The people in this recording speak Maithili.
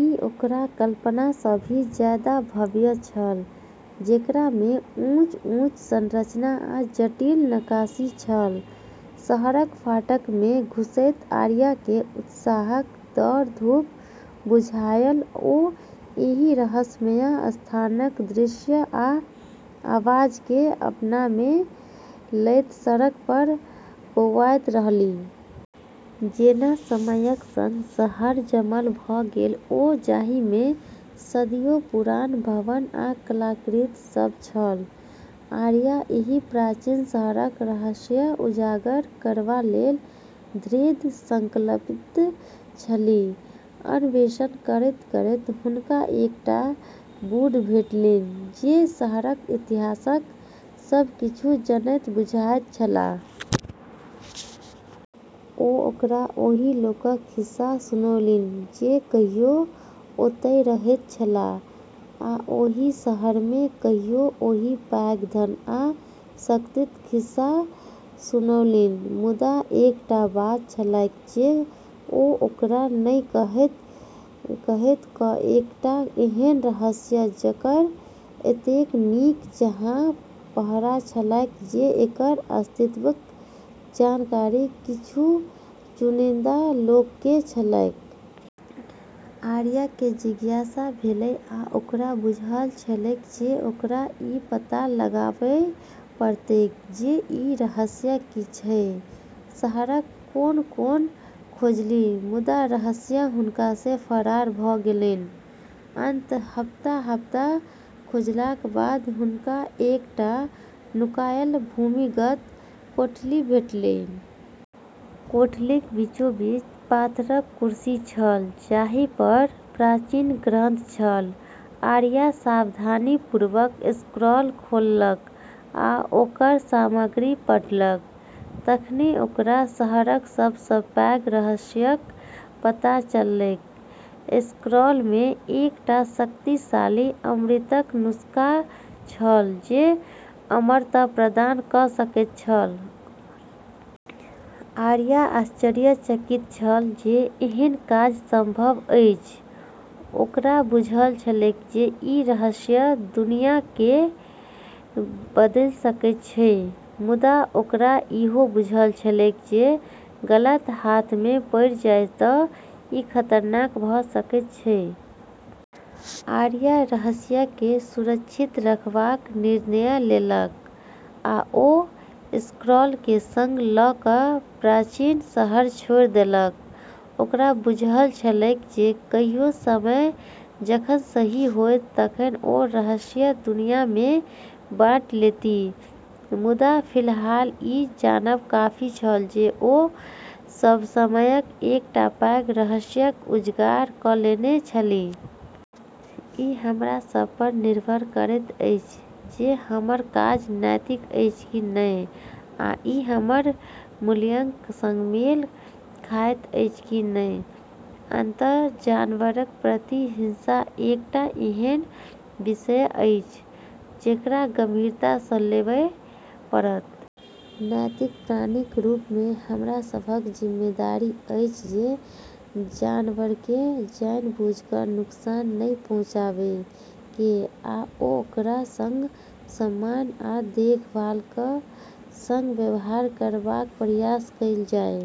ई ओकर कल्पना सँ भी जादा भव्य छल, जेकरामे ऊँच-ऊँच संरचना आ जटिल नक्काशी छल। शहरक फाटकमे घुसैत आरियाकेँ उत्साहक दौड़-धूप बुझायल। ओ एहि रहस्यमयी स्थानक दृश्य आ आवाजकेँ अपनामे लैत सड़क पर बौआइत रहलीह। जेना समयक संग शहर जमल भ’ गेल हो, जाहिमे सदियो पुरान भवन आ कलाकृति सभ छल। आरिया एहि प्राचीन शहरक रहस्य उजागर करबा लेल दृढ़ संकल्पित छलीह। अन्वेषण करैत-करैत हुनका एकटा बूढ़ भेटलनि जे शहरक इतिहासक सभ किछु जनैत बुझाइत छलाह। ओ ओकरा ओहि लोकक खिस्सा सुनौलनि जे कहियो ओतय रहैत छलाह आ ओहि शहरमे कहियो ओहि पैघ धन आ शक्तिक खिस्सा सुनौलनि। मुदा एकटा बात छलैक जे ओ ओकरा नहि कहतैक, एकटा एहन रहस्य जकर एतेक नीक जकाँ पहरा छलैक जे एकर अस्तित्वक जानकारी किछुए चुनिंदा लोककेँ छलैक। आरियाकेँ जिज्ञासा भेलै आ ओकरा बुझल छलैक जे ओकरा ई पता लगाबय पड़तैक जे ई रहस्य की छैक। शहरक कोन-कोन खोजलीह, मुदा रहस्य हुनका सँ फरार भ’ गेलनि। अंततः हफ्ता-हफ्ता खोजलाक बाद हुनका एकटा नुकायल भूमिगत कोठली भेटलनि। कोठलीक बीचोबीच पाथरक कुरसी छल जाहि पर प्राचीन ग्रंथ छल आरिया सावधानीपूर्वक स्क्रॉल खोललक आ ओकर सामग्री पढ़लक। तखने ओकरा शहरक सब सँ पैघ रहस्यक पता चललैक। स्क्रॉलमे एकटा शक्तिशाली अमृतक नुस्खा छल जे अमरता प्रदान क’ सकैत छल। आरिया आश्चर्यचकित छल जे एहन काज संभव अछि। ओकरा बुझल छलैक जे ई रहस्य दुनियाकेँ बदलि सकैत छैक, मुदा ओकरा ईहो बुझल छलैक जे गलत हाथमे पड़ि जाय तँ ई खतरनाक भ’ सकैत छैक। आरिया रहस्यकेँ सुरक्षित रखबाक निर्णय लेलक आ ओ स्क्रॉलकेँ संग ल’ क’ प्राचीन शहर छोड़ि देलक। ओकरा बुझल छलैक जे कहियो समय जखन सही होयत तखन ओ रहस्य दुनियामे बाँटि लेतीह। मुदा फिलहाल ई जानब काफी छल जे ओ सभ समयक एकटा पैघ रहस्यकेँ उजागर क’ लेने छलीह। ई हमरा सभ पर निर्भर करैत अछि जे हमर काज नैतिक अछि कि नहि आ ई हमर मूल्यक संग मेल खाबैत अछि कि नहि। अंततः जानवरक प्रति हिंसा एकटा एहन विषय अछि जेकरा गंभीरता सँ लेबय पड़त। नैतिक प्राणीक रूपमे हमरा सभक जिम्मेदारी अछि जे जानवरकेँ जानबूझि क’ नुकसान नहि पहुँचाबै केँ, आ ओकरा संग सम्मान आ देखभालक संग व्यवहार करबाक प्रयास कएल जाय।